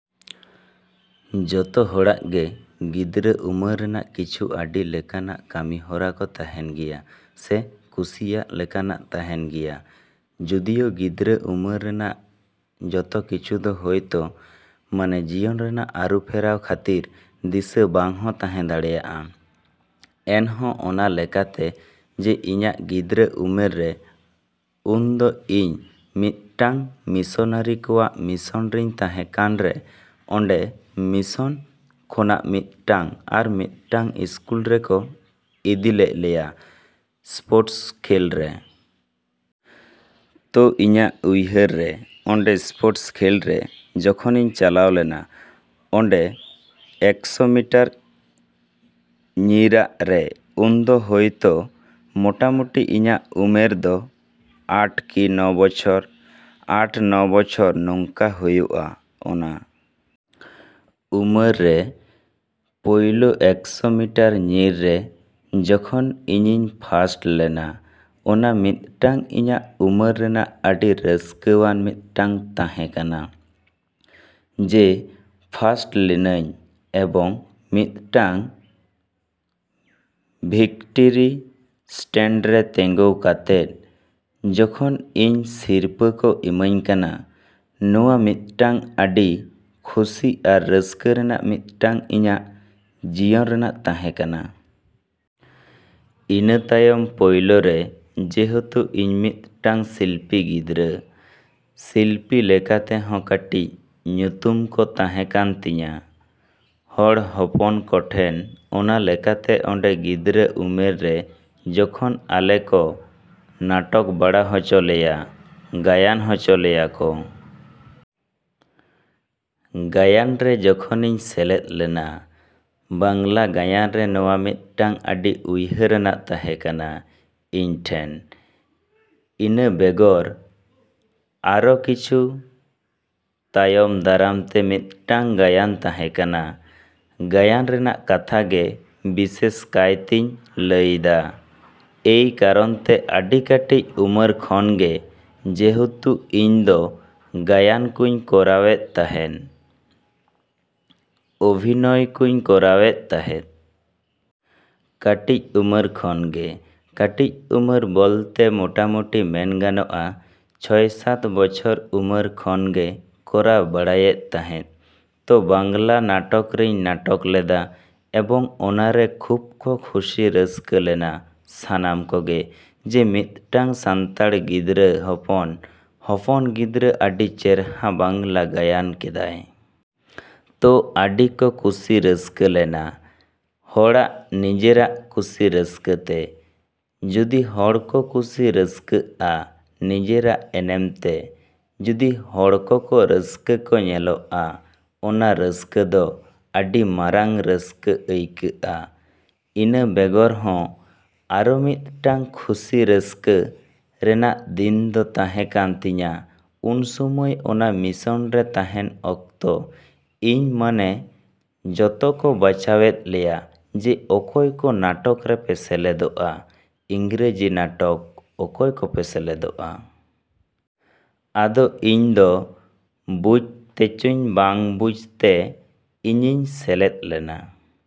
ᱡᱚᱛᱚ ᱦᱚᱲᱟᱜ ᱜᱮ ᱜᱤᱫᱽᱨᱟᱹ ᱩᱢᱟᱹᱨ ᱨᱮᱱᱟᱜ ᱠᱤᱪᱷᱩ ᱟᱹᱰᱤ ᱞᱮᱠᱟᱱᱟᱜ ᱠᱟᱹᱢᱤ ᱦᱚᱨᱟ ᱠᱚ ᱛᱟᱦᱮᱱ ᱜᱮᱭᱟ ᱥᱮ ᱠᱩᱥᱤᱭᱟᱜ ᱞᱮᱠᱟᱱᱟᱜ ᱛᱟᱦᱮᱱ ᱜᱮᱭᱟ᱾ ᱡᱚᱫᱤᱭᱳ ᱜᱤᱫᱽᱨᱟᱹ ᱩᱢᱟᱹᱨ ᱨᱮᱱᱟᱜ ᱡᱚᱛᱚ ᱠᱤᱪᱷᱩ ᱫᱚ ᱦᱚᱭᱛᱳ ᱢᱟᱱᱮ ᱡᱤᱭᱚᱱ ᱨᱮᱱᱟᱜ ᱟᱹᱨᱩ ᱯᱷᱮᱨᱟᱣ ᱠᱷᱟᱹᱛᱤᱨ ᱫᱤᱥᱟᱹ ᱵᱟᱝ ᱦᱚᱸ ᱛᱟᱦᱮᱸ ᱫᱟᱲᱮᱭᱟᱜᱼᱟ, ᱮᱱᱦᱚᱸ ᱚᱱᱟ ᱞᱮᱠᱟᱛᱮ ᱡᱮ ᱤᱧᱟᱹᱜ ᱜᱤᱫᱽᱨᱟᱹ ᱩᱢᱮᱨ ᱨᱮ ᱩᱱ ᱫᱚ ᱤᱧ ᱢᱤᱫᱴᱟᱱ ᱢᱤᱥᱚᱱᱟᱹᱨᱤ ᱠᱚᱣᱟᱜ ᱢᱤᱥᱚᱱ ᱨᱮᱧ ᱛᱟᱦᱮᱸ ᱠᱟᱱ ᱨᱮ ᱚᱸᱰᱮ ᱢᱤᱥᱚᱱ ᱠᱷᱚᱱᱟᱜ ᱢᱤᱫ ᱴᱟᱝ ᱟᱨ ᱢᱤᱫᱴᱟᱱ ᱤᱥᱠᱩᱞ ᱨᱮᱠᱚ ᱤᱫᱤ ᱞᱮᱜ ᱞᱮᱭᱟ ᱮᱥᱯᱳᱨᱴᱥ ᱠᱷᱮᱞ ᱨᱮ᱾ ᱛᱳ ᱤᱧᱟᱹᱜ ᱩᱭᱦᱟᱹᱨ ᱨᱮ ᱚᱸᱰᱮ ᱮᱥᱯᱳᱨᱴᱥ ᱠᱷᱮᱞ ᱨᱮ ᱡᱚᱠᱷᱚᱱᱤᱧ ᱪᱟᱞᱟᱣ ᱞᱮᱱᱟ ᱚᱸᱰᱮ ᱮᱠᱥᱳ ᱢᱤᱴᱟᱨ ᱧᱤᱨᱟᱜ ᱨᱮ ᱩᱱ ᱫᱚ ᱦᱳᱭᱛᱳ ᱢᱳᱴᱟᱢᱩᱴᱤ ᱤᱧᱟᱹᱜ ᱩᱢᱮᱨ ᱫᱚ ᱟᱴ ᱠᱤ ᱱᱚ ᱵᱚᱪᱷᱚᱨ, ᱟᱴ ᱱᱚ ᱵᱚᱪᱷᱚᱨ ᱱᱚᱝᱠᱟ ᱦᱩᱭᱩᱜ-ᱟ᱾ ᱚᱱᱟ ᱩᱢᱟᱹᱨ ᱨᱮ ᱯᱳᱭᱞᱳ ᱮᱠᱥᱳ ᱢᱤᱴᱟᱨ ᱧᱤᱨ ᱨᱮ ᱡᱚᱠᱷᱚᱱ ᱤᱧᱤᱧ ᱯᱷᱟᱥᱴ ᱞᱮᱱᱟ ᱚᱱᱟ ᱢᱤᱫᱴᱟᱱ ᱤᱧᱟᱹᱜ ᱩᱢᱟᱹᱨ ᱨᱮᱱᱟᱜ ᱟᱹᱰᱤ ᱨᱟᱹᱥᱠᱟᱹᱣᱟᱱ ᱢᱤᱫᱴᱟᱝ ᱛᱟᱦᱮᱸ ᱠᱟᱱᱟ ᱡᱮ ᱯᱷᱟᱥᱴ ᱞᱮᱱᱟᱧ ᱮᱵᱚᱝ ᱢᱤᱫᱴᱟᱝ ᱵᱷᱤᱠᱴᱨᱤ ᱮᱥᱴᱮᱱᱰ ᱨᱮ ᱛᱤᱸᱜᱩ ᱠᱟᱛᱮᱜ ᱡᱚᱠᱷᱚᱱ ᱤᱧ ᱥᱤᱨᱯᱟᱹ ᱠᱚ ᱤᱢᱟᱹᱧ ᱠᱟᱱᱟ ᱱᱚᱣᱟ ᱢᱤᱫᱴᱟᱱ ᱟᱹᱰᱤ ᱠᱷᱩᱥᱤ ᱟᱨ ᱨᱟᱹᱥᱠᱟᱹ ᱨᱮᱱᱟᱜ ᱢᱤᱫᱴᱟᱝ ᱤᱧᱟᱹᱜ ᱡᱤᱭᱚᱱ ᱨᱮᱱᱟᱜ ᱛᱟᱦᱮᱸ ᱠᱟᱱᱟ᱾ ᱤᱱᱟᱹ ᱛᱟᱭᱚᱢ ᱯᱳᱭᱞᱳ ᱨᱮ ᱡᱮᱦᱮᱛᱩ ᱤᱧ ᱢᱤᱫᱴᱟᱱ ᱥᱤᱞᱯᱤ ᱜᱤᱫᱽᱨᱟᱹ, ᱥᱤᱞᱯᱤ ᱞᱮᱠᱟ ᱛᱮᱦᱚᱸ ᱠᱟᱹᱴᱤᱡ ᱧᱩᱛᱩᱢ ᱠᱚ ᱛᱟᱦᱮᱸ ᱠᱟᱱ ᱛᱤᱧᱟᱹ ᱦᱚᱲ ᱦᱚᱯᱚᱱ ᱠᱚᱴᱷᱮᱱ ᱚᱱᱟ ᱞᱮᱠᱟᱛᱮ ᱚᱸᱰᱮ ᱜᱤᱫᱽᱨᱟᱹ ᱩᱢᱮᱨ ᱨᱮ ᱡᱚᱠᱷᱚᱱ ᱟᱞᱮ ᱠᱚ ᱱᱟᱴᱚᱠ ᱵᱟᱲᱟ ᱦᱚᱪᱚ ᱞᱮᱭᱟ, ᱜᱟᱭᱟᱱ ᱦᱚᱪᱚ ᱞᱮᱭᱟ ᱠᱚ᱾ ᱜᱟᱭᱟᱱ ᱨᱮ ᱡᱚᱠᱷᱚᱱᱤᱧ ᱥᱮᱞᱮᱫ ᱞᱮᱱᱟ ᱵᱟᱝᱞᱟ ᱜᱟᱭᱟᱱ ᱨᱮ ᱱᱚᱣᱟ ᱢᱤᱫᱴᱟᱱ ᱟᱹᱰᱤ ᱩᱭᱦᱟᱹᱨᱟᱱᱟᱜ ᱛᱟᱦᱮᱸ ᱠᱟᱱᱟ ᱤᱧ ᱴᱷᱮᱱ᱾ ᱤᱱᱟᱹ ᱵᱮᱜᱚᱨ ᱟᱨᱚ ᱠᱤᱪᱷᱩ ᱛᱟᱭᱚᱢ ᱫᱟᱨᱟᱢ ᱛᱮ ᱢᱤᱫᱴᱟᱱ ᱜᱟᱭᱟᱱ ᱛᱟᱦᱮᱸ ᱠᱟᱱᱟ᱾ ᱜᱟᱭᱟᱱ ᱨᱮᱱᱟᱜ ᱠᱟᱛᱷᱟ ᱜᱮ ᱵᱤᱥᱮᱥ ᱠᱟᱭ ᱛᱤᱧ ᱞᱟᱹᱭᱫᱟ ᱮᱭ ᱠᱟᱨᱚᱱ ᱛᱮ ᱟᱹᱰᱤ ᱠᱟᱹᱴᱤᱡ ᱩᱢᱟᱹᱨ ᱠᱷᱚᱱ ᱜᱮ ᱡᱮᱦᱮᱛᱩ ᱤᱧ ᱫᱚ ᱜᱟᱭᱟᱱ ᱠᱚᱧ ᱠᱚᱨᱟᱣ ᱮᱫ ᱛᱟᱦᱮᱱ, ᱚᱵᱷᱤᱱᱚᱭ ᱠᱚᱧ ᱠᱚᱨᱟᱣᱮᱫ ᱛᱟᱦᱮᱸᱫ᱾ ᱠᱟᱹᱴᱤᱡ ᱩᱢᱟᱹᱨ ᱠᱷᱚᱱ ᱜᱮ, ᱠᱟᱹᱴᱤᱡ ᱩᱢᱟᱹᱨ ᱵᱚᱞᱛᱮ ᱢᱚᱴᱟᱢᱩᱴᱤ ᱢᱮᱱ ᱜᱟᱱᱚᱜ-ᱟ ᱪᱷᱚᱭ ᱥᱟᱛ ᱵᱚᱪᱷᱚᱨ ᱩᱢᱟᱹᱨ ᱠᱷᱚᱱ ᱜᱮ ᱠᱚᱨᱟᱣ ᱵᱟᱲᱟᱭᱮᱫ ᱛᱟᱦᱮᱸᱜ᱾ ᱛᱳ ᱵᱟᱝᱞᱟ ᱱᱟᱴᱚᱠ ᱨᱤᱧ ᱱᱟᱴᱚᱠ ᱞᱮᱫᱟ ᱮᱵᱚᱝ ᱚᱱᱟᱨᱮ ᱠᱷᱩᱵᱽ ᱠᱚ ᱠᱷᱩᱥᱤ ᱨᱟᱹᱥᱠᱟᱹ ᱞᱮᱱᱟ ᱥᱟᱱᱟᱢ ᱠᱚᱜᱮ ᱡᱮ ᱢᱤᱫᱴᱟᱱ ᱥᱟᱱᱛᱟᱲ ᱜᱤᱫᱽᱨᱟᱹ ᱦᱚᱯᱚᱱ ᱦᱚᱯᱚᱱ ᱜᱤᱫᱽᱨᱟᱹ ᱟᱹᱰᱤ ᱪᱮᱦᱨᱟ ᱵᱟᱝᱞᱟ ᱜᱟᱭᱟᱱ ᱠᱮᱫᱟᱭ᱾ ᱛᱳ ᱟᱹᱰᱤ ᱠᱚ ᱠᱩᱥᱤ ᱨᱟᱹᱥᱠᱟᱹ ᱞᱮᱱᱟ᱾ ᱦᱚᱲᱟᱜ ᱱᱤᱡᱮᱨᱟᱜ ᱠᱩᱥᱤ ᱨᱟᱹᱥᱠᱟᱹ ᱛᱮ ᱡᱚᱫᱤ ᱦᱚᱲ ᱠᱚ ᱠᱩᱥᱤ ᱨᱟᱹᱥᱠᱟᱹᱜ-ᱟ, ᱱᱤᱡᱮᱨᱟᱜ ᱮᱱᱮᱢ ᱛᱮ ᱡᱩᱫᱤ ᱦᱚᱲ ᱠᱚᱠᱚ ᱨᱟᱹᱥᱠᱟᱹ ᱠᱚ ᱧᱮᱞᱚᱜ-ᱟ ᱚᱱᱟ ᱨᱟᱹᱥᱠᱟᱹ ᱫᱚ ᱟᱹᱰᱤ ᱢᱟᱨᱟᱝ ᱨᱟᱹᱥᱠᱟᱹ ᱟᱹᱭᱠᱟᱹᱜᱼᱟ᱾ ᱤᱱᱟᱹ ᱵᱮᱜᱚᱨ ᱦᱚᱸ ᱟᱨᱚ ᱢᱤᱫᱴᱟᱱ ᱠᱷᱩᱥᱤ ᱨᱟᱹᱥᱠᱟᱹ ᱨᱮᱱᱟᱜ ᱫᱤᱱ ᱫᱚ ᱛᱟᱦᱮᱸ ᱠᱟᱱ ᱛᱤᱧᱟᱹ ᱩᱱ ᱥᱚᱢᱚᱭ ᱚᱱᱟ ᱢᱤᱥᱚᱱ ᱨᱮ ᱛᱟᱦᱮᱱ ᱚᱠᱛᱚ ᱤᱧ ᱢᱟᱱᱮ ᱡᱚᱛᱚ ᱠᱚ ᱵᱟᱪᱷᱟᱣᱮᱫ ᱞᱮᱭᱟ ᱡᱮ ᱚᱠᱚᱭ ᱠᱚ ᱱᱟᱴᱚᱠ ᱨᱮᱯᱮ ᱥᱮᱞᱮᱫᱚᱜ-ᱟ, ᱤᱝᱨᱮᱡᱤ ᱱᱟᱴᱚᱠ ᱚᱠᱚᱭ ᱠᱚᱯᱮ ᱥᱮᱞᱮᱫᱚᱜ-ᱟ? ᱟᱫᱚ ᱤᱧ ᱫᱚ ᱵᱩᱡᱽ ᱛᱮᱪᱚᱝ ᱵᱟᱝ ᱵᱩᱡᱽ ᱛᱮ ᱤᱧᱤᱧ ᱥᱮᱞᱮᱫ ᱞᱮᱱᱟ᱾